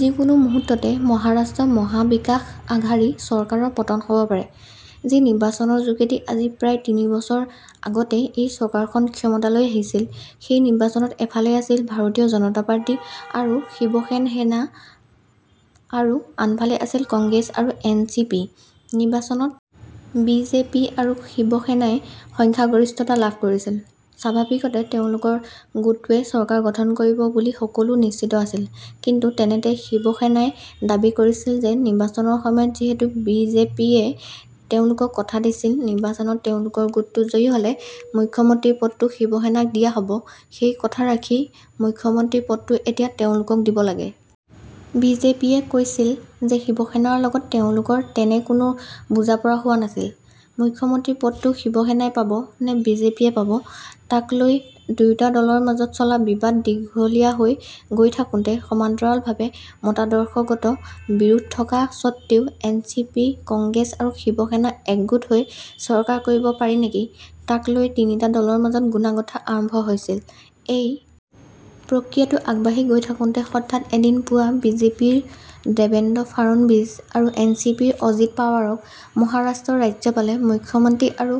যি কোনো মুহূৰ্ততে মহাৰাষ্ট্ৰৰ মহা বিকাশ আঘাৰী চৰকাৰৰ পতন হ'ব পাৰে। যি নিৰ্বাচনৰ যোগেদি আজি প্ৰায় তিনি বছৰ আগতে এই চৰকাৰখন ক্ষমতালৈ আহিছিল, সেই নিৰ্বাচনত এফালে আছিল ভাৰতীয় জনতা পাৰ্টি আৰু শিৱসেনা আৰু আনফালে আছিল কংগ্ৰেছ আৰু এন চি পি। নিৰ্বাচনত বি জে পি আৰু শিৱসেনাই সংখ্যাগৰিষ্ঠতা লাভ কৰিছিল। স্বাভাৱিকতে তেওঁলোকৰ গোটটোৱে চৰকাৰ গঠন কৰিব বুলি সকলো নিশ্চিত আছিল, কিন্তু তেনেতে শিৱসেনাই দাবী কৰিছিল যে নিৰ্বাচনৰ সময়ত যিহেতু বি জে পিয়ে তেওঁলোকক কথা দিছিল নিৰ্বাচনত তেওঁলোকৰ গোটটো জয়ী হলে মুখ্যমন্ত্ৰীৰ পদটো শিৱসেনাক দিয়া হব, সেই কথা ৰাখি মুখ্যমন্ত্ৰীৰ পদটো এতিয়া তেওঁলোকক দিব লাগে। বি জে পিয়ে কৈছিল যে শিৱসেনাৰ লগত তেওঁলোকৰ তেনে কোনো বুজাপৰা হোৱা নাছিল। মুখ্যমন্ত্ৰীৰ পদবীটো শিৱসেনাই পাব নে বিজেপিয়ে পাব, তাকলৈ দুয়োটা দলৰ মাজত চলা বিবাদ দীঘলীয়াহৈ গৈ থাকোতে সমান্তৰালভাৱে মতাদৰ্শগত বিৰোধ থকা সত্বেও এন চি পি, কংগ্ৰেছ আৰু শিৱসেনা একগোট হৈ চৰকাৰ কৰিব পাৰি নেকি, তাকলৈ এই তিনিটা দলৰ মাজত গুণাগঁথা আৰম্ভ হৈছিল। এই প্ৰক্ৰিয়াটো আগবাঢ়ি গৈ থাকোতে হঠাৎ এদিন পুৱা বি জে পিৰ দেবেন্দ্ৰ ফাড়নবিছ আৰু এন চি পিৰ অজিত পাৱাৰক মহাৰাষ্ট্ৰৰ ৰাজ্যপালে মুখ্যমন্ত্ৰী আৰু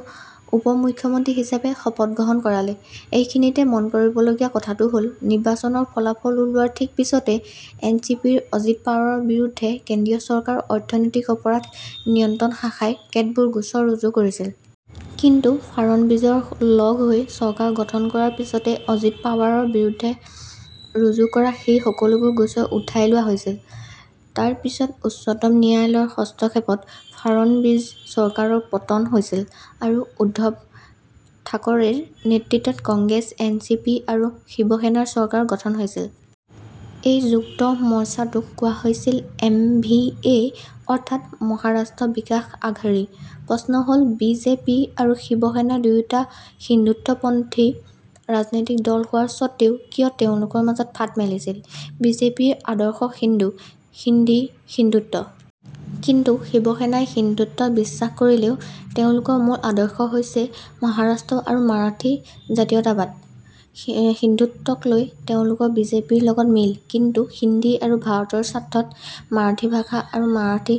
উপমুখ্যমন্ত্ৰী হিচাপে শপত গ্ৰহণ কৰালে। এইখিনিতে মনকৰিবলগীয়া কথাটো হ'ল নিৰ্বাচনৰ ফলাফল ওলোৱাৰ ঠিক পিছতে এন চি পিৰ অজিত পাৱাৰৰ বিৰুদ্ধে কেন্দ্ৰীয় চৰকাৰৰ অৰ্থনৈতিক অপৰাধ নিয়ন্ত্ৰণ শাখাই কেতবোৰ গোচৰ ৰুজু কৰিছিল। কিন্তু ফাড়নবিছৰ লগহৈ চৰকাৰ গঠন কৰাৰ পিছতে অজিত পাৱাৰৰ বিৰুদ্ধে ৰুজু কৰা সেই সকলোবোৰ গোচৰ উঠাই লোৱা হৈছিল। তাৰ পিছতউচ্চতম ন্যায়ালয়ৰ হস্তক্ষেপত ফাড়নবিছ চৰকাৰৰ পতন হৈছিল আৰু উদ্ধৱ ঠাকৰেৰ নেতৃত্বত কংগ্ৰেছ, এন চি পি আৰু শিৱসেনাৰ চৰকাৰ গঠন হৈছিল। এই যুক্ত মৰ্চাটোক কোৱা হৈছিল এম ভি এ অৰ্থাৎ মহাৰাষ্ট্ৰ বিকাশ আঘাৰী। প্ৰশ্ন হ'ল বি জে পি আৰু শিৱসেনা দুয়োটা হিন্দুত্বপন্থী ৰাজনৈতিক দল হোৱা সত্ত্বেও কিয় তেওঁলোকৰ মাজত ফাট মেলিছিল? বি জে পিৰ আদৰ্শ হিন্দু, হিন্দী, হিন্দুত্ব। কিন্তু শিৱসেনাই হিন্দুত্বত বিশ্বাস কৰিলেও তেওঁলোকৰ মূল আদৰ্শ হৈছে মহাৰাষ্ট্ৰ আৰু মাৰাঠী জাতীয়তাবাদ। হিন্দুত্বকলৈ তেওঁলোকৰ বি জে পিৰ লগত মিল, কিন্তু হিন্দী আৰু ভাৰতৰ স্বাৰ্থত মাৰাঠী ভাষা আৰু মাৰাঠী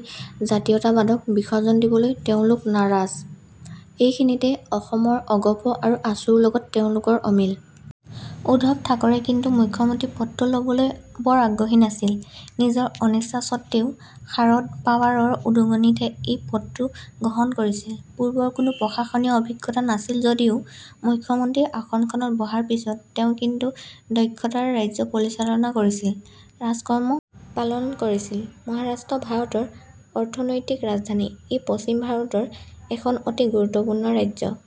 জাতীয়তাবাদক বিসৰ্জন দিবলৈ তেওঁলোক নাৰাজ। এইখিনিতে অসমৰ অগপ আৰু আছুৰ লগত তেওঁলোকৰ অমিল। উদ্ধৱ ঠাকৰে কিন্তু মুখ্যমন্ত্ৰী পদটো লবলৈ বৰ আগ্ৰহী নাছিল। নিজৰ অনিচ্ছা সত্ত্বেও শাৰদ পাৱাৰৰ উদগনিতহে তেওঁ এই পদটো গ্ৰহণ কৰিছিল। পূৰ্বৰ কোনো প্ৰশাসনীয় অভিজ্ঞতা নাছিল যদিও মুখ্যমন্ত্ৰীৰ আসনখনত বহাৰ পিছত তেওঁ কিন্তু দক্ষতাৰে ৰাজ্য পৰিচলনা কৰিছিল। ৰাজধৰ্ম পালন কৰিছিল। মহাৰাষ্ট্ৰ ভাৰতৰ অৰ্থনৈতিক ৰাজধানী। ই পশ্চিম ভাৰতৰ এখন অতি গুৰুত্বপূৰ্ণ ৰাজ্য।